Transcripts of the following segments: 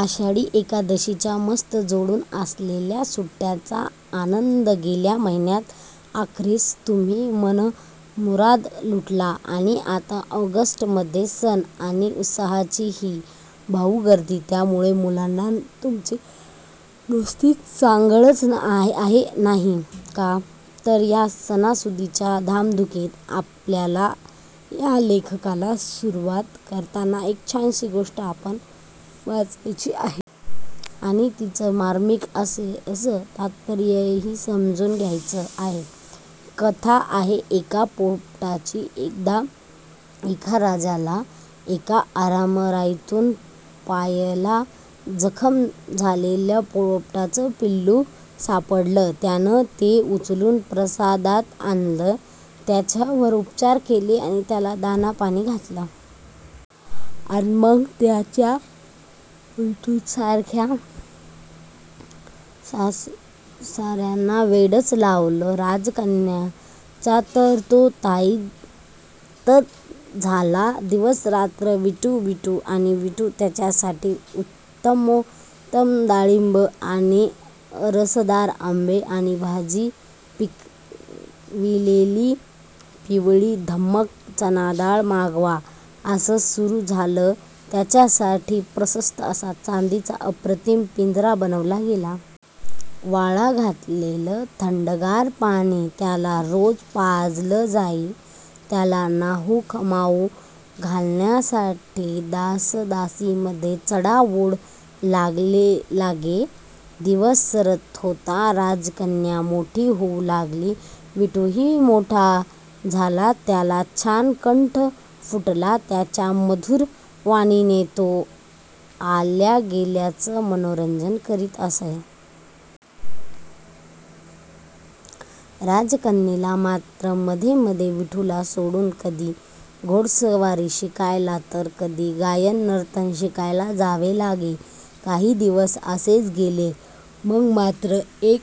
आषाढी एकादशीच्या मस्त जोडून आलेल्या सुट्ट्यांचा आनंद गेल्या महिन्याच्या अखेरीस तुम्ही मनमुराद लुटलात आणि आता ऑगस्टमध्ये सण आणि उत्सवांची हीऽऽ भाऊगर्दी! त्यामुळे मुलांनो, तुमची नुसती चंगळ आहे नाही का? तर या सणासुदीच्या धामधुमीत आपल्या या लेखाला सुरुवात करताना एक छानशी गोष्ट आपण वाचायची आहे. आणि तिचं मार्मिक असं तात्पर्यही समजून घ्यायचं आहे. कथा आहे एका पोपटाची. एकदा एका राजाला, एका आमराईत पायाला जखम झालेलं पोपटाचं पिल्लू सापडलं. त्यानं ते उचलून प्रासादात आणलं. त्याच्यावर उपचार केले. त्याला दाणापाणी घातलं. अन् मग त्या विठूचं साऱ्यांना वेडच लागलं. राजकन्येचा तर तो ताईत झाला. दिवसरात्र विठू, विठू आणि विठू. त्याच्यासाठी उत्तमोत्तम डाळिंबं आण, रसदार आंबे आण, भिजविलेली पिवळीधम्मक चणाडाळ मागव; असं सुरू झालं. त्याच्यासाठी प्रशस्त असा चांदीचा अप्रतिम पिंजरा बनवला गेला. वाळा घातलेलं थंडगार पाणी त्याला रोज पाजलं जाई. त्याला न्हाऊमाखू घालण्यासाठी दासदासींमध्ये चढाओढ लागे. दिवस सरत होते. राजकन्या मोठी होऊ लागली. विठूही मोठा झाला. त्याला छान कंठ फुटला. त्याच्या मधुर वाणीने तो आल्यागेल्याचं मनोरंजन करीत असे. राजकन्येला मात्र मध्येमध्ये विठूला सोडून कधी घोडेस्वारी शिकायला तर कधी गायन-नर्तन शिकायला जावे लागे. काही दिवस असेच गेले. मग मात्र एक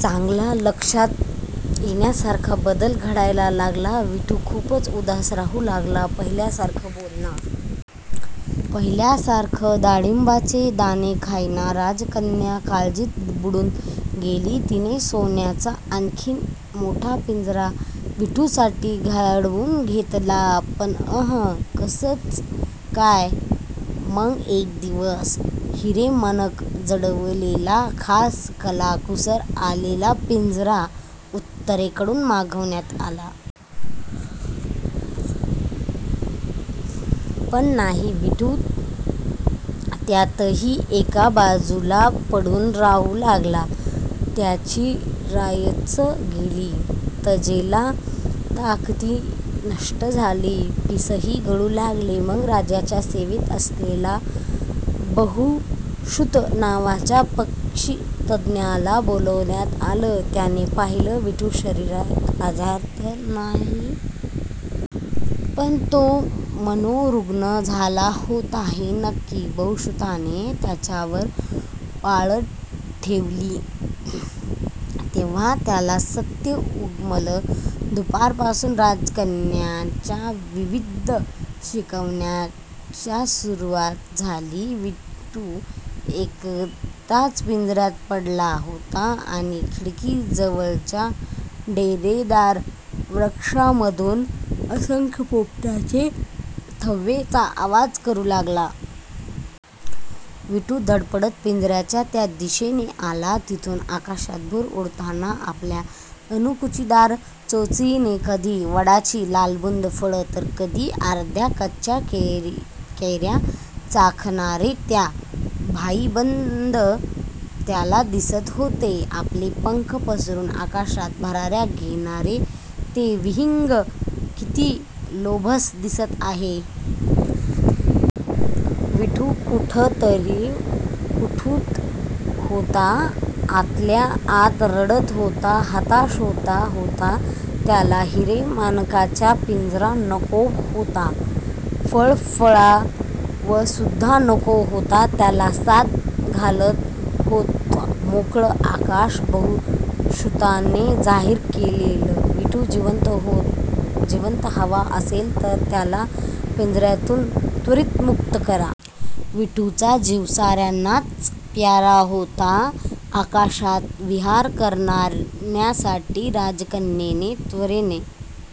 चांगला लक्षात येण्यासारखा बदल घडायला लागला. विठू खूपच उदास राहू लागला. पहिल्यासारखं बोलेना. पहिल्यासारखं डाळिंबाचे दाणे खाईना. राजकन्या काळजीत बुडून गेली. तिने सोन्याचा आणखी मोठा पिंजरा विठूसाठी घडवून घेतला. पण अं हं! कसचं काय! मग एक दिवस हिरे-माणकं जडवलेला, खास कलाकुसर असलेला पिंजरा उत्तरेकडून मागवण्यात आला. पण नाही, विठू त्यातही एका बाजूला पडून राहू लागला. त्याची रयाच गेली. तजेला, तकाकी नष्ट झाली. पिसंही गळू लागली. मग राजाच्या सेवेत असलेल्या बहुश्रुत नावाच्या पक्षितज्ज्ञाला बोलावण्यात आलं. त्याने पाहिलं. विठूला शारीरिक आजार तर नव्हता. पण तो मनोरुग्ण झाला होता, हे नक्की. बहुश्रुताने त्याच्यावर पाळत ठेवली. तेव्हा त्याला सत्य उमगलं. दुपारपासून राजकन्येच्या विविध शिकवण्यांना सुरुवात झाली. विठू एकटाच पिंजऱ्यात पडलेला होता आणि खिडकीजवळच्या डेरेदार वृक्षांमधून असंख्य पोपटांचे थवे आवाज करू लागले. विठू धडपडत पिंजऱ्याच्या त्या दिशेला आला, जिथून आकाशात भुर्र उडताना आपल्या अणकुचीदार चोचीने कधी वडाची लालबुंद फळं, तर कधी अर्ध्याकच्च्या कैऱ्या चाखणारे त्याचे भाईबंद त्याला दिसत होते. आपले पंख पसरून आकाशात भराऱ्या घेणारे ते विहंग किती लोभस दिसत होते! विठू कुढत होता. आतल्या आत रडत होता. हताश होत होता. त्याला हिरे-माणकांचा पिंजरा नको होता. फळफळावळसुद्धा नको होती. त्याला साद घालत होतं मोकळं आकाश. बहुश्रुताने जाहीर केलं, विठू जिवंत हवा असेल, तर त्याला पिंजऱ्यातून त्वरित मुक्त करा. विठूचा जीव साऱ्यांनाच प्यारा होता. आकाशात विहार करण्यासाठी राजकन्येने त्वरेने